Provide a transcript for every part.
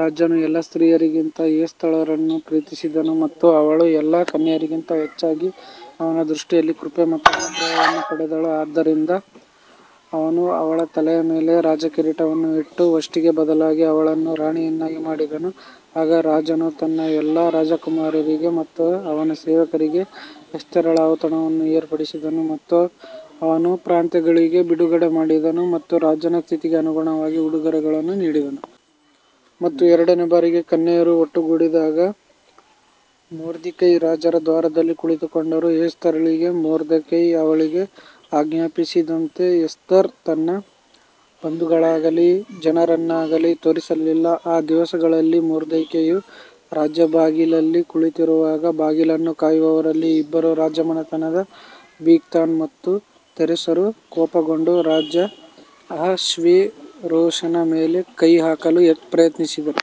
ರಾಜನು ಎಲ್ಲಾ ಸ್ತ್ರೀಯರಿಗಿಂತ ಎಸ್ತೇರಳನ್ನು ಪ್ರೀತಿಸಿದನು ಮತ್ತು ಅವಳು ಎಲ್ಲಾ ಕನ್ಯೆಯರಿಗಿಂತ ಹೆಚ್ಚಾಗಿ ಅವನ ದೃಷ್ಟಿಯಲ್ಲಿ ಕೃಪೆ ಮತ್ತು ಅನುಗ್ರಹವನ್ನು ಪಡೆದಳು, ಆದ್ದರಿಂದ ಅವನು ಅವಳ ತಲೆಯ ಮೇಲೆ ರಾಜಕಿರೀಟವನ್ನು ಇಟ್ಟು ವಷ್ಟಿಗೆ ಬದಲಾಗಿ ಅವಳನ್ನು ರಾಣಿಯನ್ನಾಗಿ ಮಾಡಿದನು. ಆಗ ರಾಜನು ತನ್ನ ಎಲ್ಲಾ ರಾಜಕುಮಾರರಿಗೆ ಮತ್ತು ಅವನ ಸೇವಕರಿಗೆ ಎಸ್ತೇರಳ ಔತಣವನ್ನು ಏರ್ಪಡಿಸಿದನು ಮತ್ತು ಅವನು ಪ್ರಾಂತ್ಯಗಳಿಗೆ ಬಿಡುಗಡೆ ಮಾಡಿದನು ಮತ್ತು ರಾಜನ ಸ್ಥಿತಿಗೆ ಅನುಗುಣವಾಗಿ ಉಡುಗೊರೆಗಳನ್ನು ನೀಡಿದನು. ಮತ್ತು ಎರಡನೇ ಬಾರಿಗೆ ಕನ್ಯೆಯರು ಒಟ್ಟುಗೂಡಿದಾಗ ಮೊರ್ದೆಕೈ ರಾಜರ ದ್ವಾರದಲ್ಲಿ ಕುಳಿತುಕೊಂಡರು. ಎಸ್ತೇರಳಿಗೆ ಮೊರ್ದೆಕೈ ಅವಳಿಗೆ ಆಜ್ಞಾಪಿಸಿದಂತೆ ಎಸ್ತರ್ ತನ್ನ ಬಂಧುಗಳಾಗಲಿ ಜನರನ್ನಾಗಲಿ ತೋರಿಸಲಿಲ್ಲ ಆ ದಿವಸಗಳಲ್ಲಿ ಮೊರ್ದೆಕೈಯು ರಾಜಬಾಗಿಲಲ್ಲಿ ಕುಳಿತಿರುವಾಗ ಬಾಗಿಲನ್ನು ಕಾಯುವವರಲ್ಲಿ ಇಬ್ಬರು ರಾಜಮನೆತನದ ಬಿಗ್ತಾನ್ ಮತ್ತು ತೆರೆಷರು ಕೋಪಗೊಂಡು ರಾಜ ಅಹಷ್ವೇರೋಷನ ಮೇಲೆ ಕೈ ಹಾಕಲು ಪ್ರಯತ್ನಿಸಿದರು.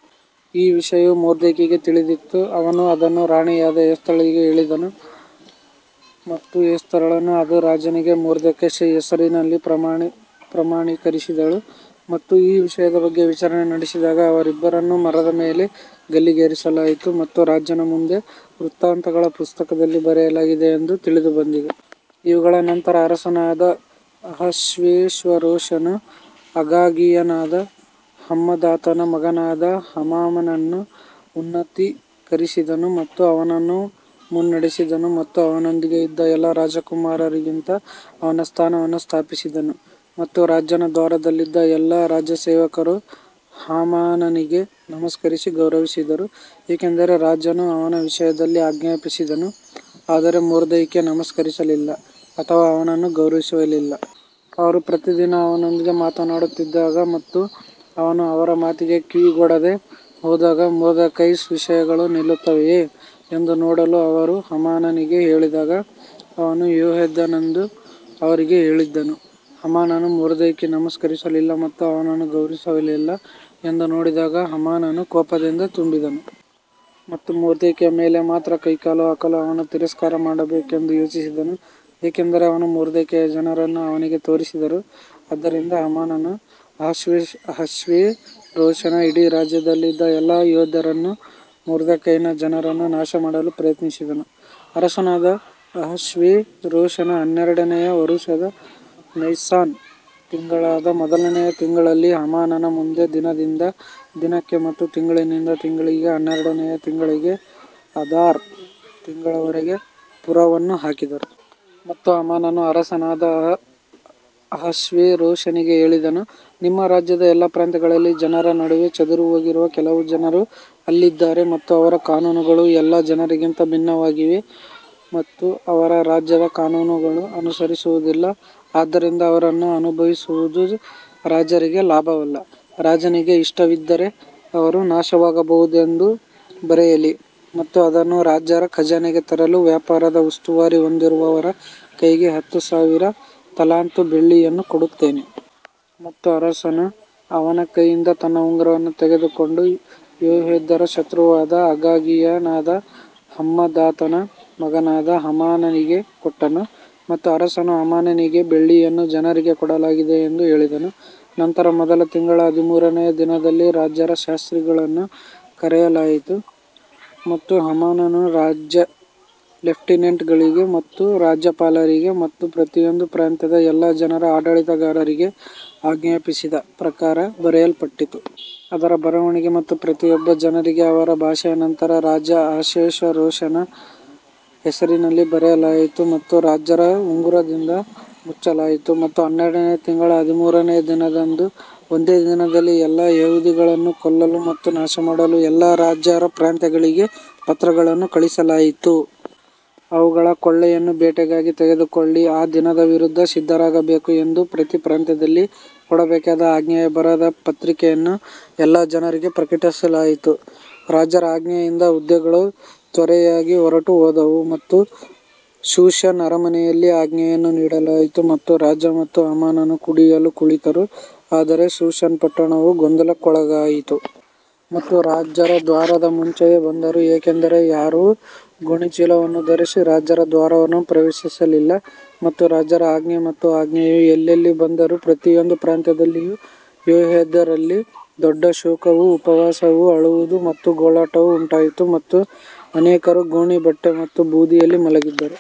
ಈ ವಿಷಯವು ಮೊರ್ದೆಕೈಗೆ ತಿಳಿದಿತ್ತು, ಅವನು ಅದನ್ನು ರಾಣಿಯಾದ ಎಸ್ತೇರಳಿಗೆ ಹೇಳಿದನು ಮತ್ತು ಎಸ್ತೇರಳು ಅದರ ರಾಜನಿಗೆ ಮೊರ್ದೆಕೈಸ್ ಹೆಸರಿನಲ್ಲಿ ಪ್ರಮಾಣೀಕರಿಸಿದಳು. ಮತ್ತು ಈ ವಿಷಯದ ಬಗ್ಗೆ ವಿಚಾರಣೆ ನಡೆಸಿದಾಗ, ಅವರಿಬ್ಬರನ್ನೂ ಮರದ ಮೇಲೆ ಗಲ್ಲಿಗೇರಿಸಲಾಯಿತು ಮತ್ತು ರಾಜನ ಮುಂದೆ ವೃತ್ತಾಂತಗಳ ಪುಸ್ತಕದಲ್ಲಿ ಬರೆಯಲಾಗಿದೆ ಎಂದು ತಿಳಿದುಬಂದಿದೆ. ಇವುಗಳ ನಂತರ ಅರಸನಾದ ಅಹಷ್ವೇರೋಷನು ಅಗಾಗೀಯನಾದ ಹಮ್ಮದಾತನ ಮಗನಾದ ಹಾಮಾನನನ್ನು ಉನ್ನತೀಕರಿಸಿದನು ಮತ್ತು ಅವನನ್ನು ಮುನ್ನಡೆಸಿದನು ಮತ್ತು ಅವನೊಂದಿಗೆ ಇದ್ದ ಎಲ್ಲಾ ರಾಜಕುಮಾರರಿಗಿಂತ ಅವನ ಸ್ಥಾನವನ್ನು ಸ್ಥಾಪಿಸಿದನು. ಮತ್ತು ರಾಜನ ದ್ವಾರದಲ್ಲಿದ್ದ ಎಲ್ಲಾ ರಾಜ ಸೇವಕರು ಹಾಮಾನನಿಗೆ ನಮಸ್ಕರಿಸಿ ಗೌರವಿಸಿದರು, ಏಕೆಂದರೆ ರಾಜನು ಅವನ ವಿಷಯದಲ್ಲಿ ಆಜ್ಞಾಪಿಸಿದನು ಆದರೆ ಮೊರ್ದೆಕೈ ನಮಸ್ಕರಿಸಲಿಲ್ಲ ಅಥವಾ ಅವನನ್ನು ಗೌರವಿಸಲಿಲ್ಲ. ಅವರು ಪ್ರತಿದಿನ ಅವನೊಂದಿಗೆ ಮಾತನಾಡುತ್ತಿದ್ದಾಗ ಮತ್ತು ಅವನು ಅವರ ಮಾತಿಗೆ ಕಿವಿಗೊಡದೆ ಹೋದಾಗ ಮೊರ್ದೆಕೈಸ್ ವಿಷಯಗಳು ನಿಲ್ಲುತ್ತವೆಯೇ ಎಂದು ನೋಡಲು ಅವರು ಹಾಮಾನನಿಗೆ ಹೇಳಿದಾಗ ಅವನು ಯೆಹೂದ್ಯನೆಂದು ಅವರಿಗೆ ಹೇಳಿದ್ದನು. ಹಾಮಾನನು ಮೊರ್ದೆಕೈ ನಮಸ್ಕರಿಸಲಿಲ್ಲ ಮತ್ತು ಅವನನ್ನು ಗೌರವಿಸಲಿಲ್ಲ ಎಂದು ನೋಡಿದಾಗ ಹಾಮಾನನು ಕೋಪದಿಂದ ತುಂಬಿದನು. ಮತ್ತು ಮೊರ್ದೆಕೈಯ ಮೇಲೆ ಮಾತ್ರ ಕೈ ಹಾಕಲು ಅವನು ತಿರಸ್ಕಾರ ಮಾಡಬೇಕೆಂದು ಯೋಚಿಸಿದನು, ಏಕೆಂದರೆ ಅವರು ಮೊರ್ದೆಕೈಯ ಜನರನ್ನು ಅವನಿಗೆ ತೋರಿಸಿದರು, ಆದ್ದರಿಂದ ಹಾಮಾನನು ಅಹಷ್ವೇರೋಷನ ಇಡೀ ರಾಜ್ಯದಲ್ಲಿದ್ದ ಎಲ್ಲಾ ಯೆಹೂದ್ಯರನ್ನು ಮೊರ್ದೆಕೈಯ ಜನರನ್ನು ನಾಶಮಾಡಲು ಪ್ರಯತ್ನಿಸಿದನು. ಅರಸನಾದ ಅಹಷ್ವೇರೋಷನ ಹನ್ನೆರಡನೆಯ ವರುಷದ ನೈಸಾನ್ ತಿಂಗಳಾದ ಮೊದಲನೆಯ ತಿಂಗಳಲ್ಲಿ ಹಾಮಾನನ ಮುಂದೆ ದಿನದಿಂದ ದಿನಕ್ಕೆ ಮತ್ತು ತಿಂಗಳಿನಿಂದ ತಿಂಗಳಿಗೆ ಹನ್ನೆರಡನೆಯ ತಿಂಗಳಿಗೆ ಅದಾರ್ ತಿಂಗಳವರೆಗೆ ಪುರವನ್ನು ಹಾಕಿದರು. ಮತ್ತು ಹಾಮಾನನು ಅರಸನಾದ ಅಹಷ್ವೇರೋಷನಿಗೆ ಹೇಳಿದನು, ನಿಮ್ಮ ರಾಜ್ಯದ ಎಲ್ಲಾ ಪ್ರಾಂತ್ಯಗಳಲ್ಲಿ ಜನರ ನಡುವೆ ಚದುರಿಹೋಗಿರುವ ಕೆಲವು ಜನರು ಅಲ್ಲಿದ್ದಾರೆ ಮತ್ತು ಅವರ ಕಾನೂನುಗಳು ಎಲ್ಲಾ ಜನರಿಗಿಂತ ಭಿನ್ನವಾಗಿವೆ ಮತ್ತು ಅವರು ರಾಜರ ಕಾನೂನುಗಳನ್ನು ಅನುಸರಿಸುವುದಿಲ್ಲ ಆದ್ದರಿಂದ ಅವರನ್ನು ಅನುಭವಿಸುವುದು ರಾಜರಿಗೆ ಲಾಭವಲ್ಲ. ರಾಜನಿಗೆ ಇಷ್ಟವಿದ್ದರೆ ಅವರು ನಾಶವಾಗಬಹುದೆಂದು ಬರೆಯಲಿ ಮತ್ತು ಅದನ್ನು ರಾಜರ ಖಜಾನೆಗೆ ತರಲು ವ್ಯಾಪಾರದ ಉಸ್ತುವಾರಿ ಹೊಂದಿರುವವರ ಕೈಗೆ ಹತ್ತು ಸಾವಿರ ತಲಾಂತು ಬೆಳ್ಳಿಯನ್ನು ಕೊಡುತ್ತೇನೆ. ಮತ್ತು ಅರಸನು ಅವನ ಕೈಯಿಂದ ತನ್ನ ಉಂಗುರವನ್ನು ತೆಗೆದುಕೊಂಡು ಯೆಹೂದ್ಯರ ಶತ್ರುವಾದ ಅಗಾಗೀಯನಾದ ಹಮ್ಮದಾತನ ಮಗನಾದ ಹಾಮಾನನಿಗೆ ಕೊಟ್ಟನು. ಮತ್ತು ಅರಸನು ಹಾಮಾನನಿಗೆ ಬೆಳ್ಳಿಯನ್ನು ಜನರಿಗೆ ಕೊಡಲಾಗಿದೆ ಎಂದು ಹೇಳಿದನು. ನಂತರ ಮೊದಲ ತಿಂಗಳ ಹದಿಮೂರನೆಯ ದಿನದಲ್ಲಿ ರಾಜರ ಶಾಸ್ತ್ರಿಗಳನ್ನು ಕರೆಯಲಾಯಿತು ಮತ್ತು ಹಾಮಾನನು ರಾಜ ಲೆಫ್ಟಿನೆಂಟ್ಗಳಿಗೆ ಮತ್ತು ರಾಜ್ಯಪಾಲರಿಗೆ ಮತ್ತು ಪ್ರತಿಯೊಂದು ಪ್ರಾಂತ್ಯದ ಎಲ್ಲಾ ಜನರ ಆಡಳಿತಗಾರರಿಗೆ ಆಜ್ಞಾಪಿಸಿದ ಪ್ರಕಾರ ಬರೆಯಲ್ಪಟ್ಟಿತು. ಅದರ ಬರವಣಿಗೆ ಮತ್ತು ಪ್ರತಿಯೊಬ್ಬ ಜನರಿಗೆ ಅವರ ಭಾಷೆಯ ನಂತರ ರಾಜ ಅಹಷ್ವೇರೋಷನ ಹೆಸರಿನಲ್ಲಿ ಬರೆಯಲಾಯಿತು ಮತ್ತು ರಾಜರ ಉಂಗುರದಿಂದ ಮುಚ್ಚಲಾಯಿತು ಮತ್ತು ಹನ್ನೆರಡನೆಯ ತಿಂಗಳ ಹದಿಮೂರನೆಯ ದಿನದಂದು ಒಂದೇ ದಿನದಲ್ಲಿ ಎಲ್ಲಾ ಯಹೂದಿಗಳನ್ನು ಕೊಲ್ಲಲು ಮತ್ತು ನಾಶಮಾಡಲು ಎಲ್ಲಾ ರಾಜರ ಪ್ರಾಂತ್ಯಗಳಿಗೆ ಪತ್ರಗಳನ್ನು ಕಳುಹಿಸಲಾಯಿತು. ಅವುಗಳ ಕೊಳ್ಳೆಯನ್ನು ಬೇಟೆಗಾಗಿ ತೆಗೆದುಕೊಳ್ಳಿ ಆ ದಿನದ ವಿರುದ್ಧ ಸಿದ್ಧರಾಗಿರಬೇಕು ಎಂದು ಪ್ರತಿ ಪ್ರಾಂತ್ಯದಲ್ಲಿ ಕೊಡಬೇಕಾದ ಆಜ್ಞೆಯ ಬರಹದ ಪ್ರತಿಯನ್ನು ಎಲ್ಲಾ ಜನರಿಗೆ ಪ್ರಕಟಿಸಲಾಯಿತು. ರಾಜರ ಆಜ್ಞೆಯಿಂದ ಹುದ್ದೆಗಳು ತ್ವರೆಯಾಗಿ ಹೊರಟುಹೋದವು ಮತ್ತು ಶೂಷನ್ ಅರಮನೆಯಲ್ಲಿ ಆಜ್ಞೆಯನ್ನು ನೀಡಲಾಯಿತು ಮತ್ತು ರಾಜ ಮತ್ತು ಹಾಮಾನನು ಕುಡಿಯಲು ಕುಳಿತರು ಆದರೆ ಶೂಷನ್ ಪಟ್ಟಣವು ಗೊಂದಲಕ್ಕೊಳಗಾಯಿತು. ಮತ್ತು ರಾಜರ ದ್ವಾರದ ಮುಂಚೆಯೇ ಬಂದರು, ಏಕೆಂದರೆ ಯಾರೂ ಗೋಣಿಚೀಲವನ್ನು ಧರಿಸಿ ರಾಜರ ದ್ವಾರವನ್ನು ಪ್ರವೇಶಿಸಲಿಲ್ಲ. ಮತ್ತು ರಾಜರ ಆಜ್ಞೆ ಮತ್ತು ಆಜ್ಞೆಯು ಎಲ್ಲೆಲ್ಲಿ ಬಂದರೂ ಪ್ರತಿಯೊಂದು ಪ್ರಾಂತ್ಯದಲ್ಲಿಯೂ ಯೆಹೂದ್ಯರಲ್ಲಿ ದೊಡ್ಡ ಶೋಕವೂ ಉಪವಾಸವೂ ಅಳುವುದು ಮತ್ತು ಗೋಳಾಟವೂ ಉಂಟಾಯಿತು ಮತ್ತು ಅನೇಕರು ಗೋಣೀ ಬಟ್ಟೆ ಮತ್ತು ಬೂದಿಯಲ್ಲಿ ಮಲಗಿದ್ದರು.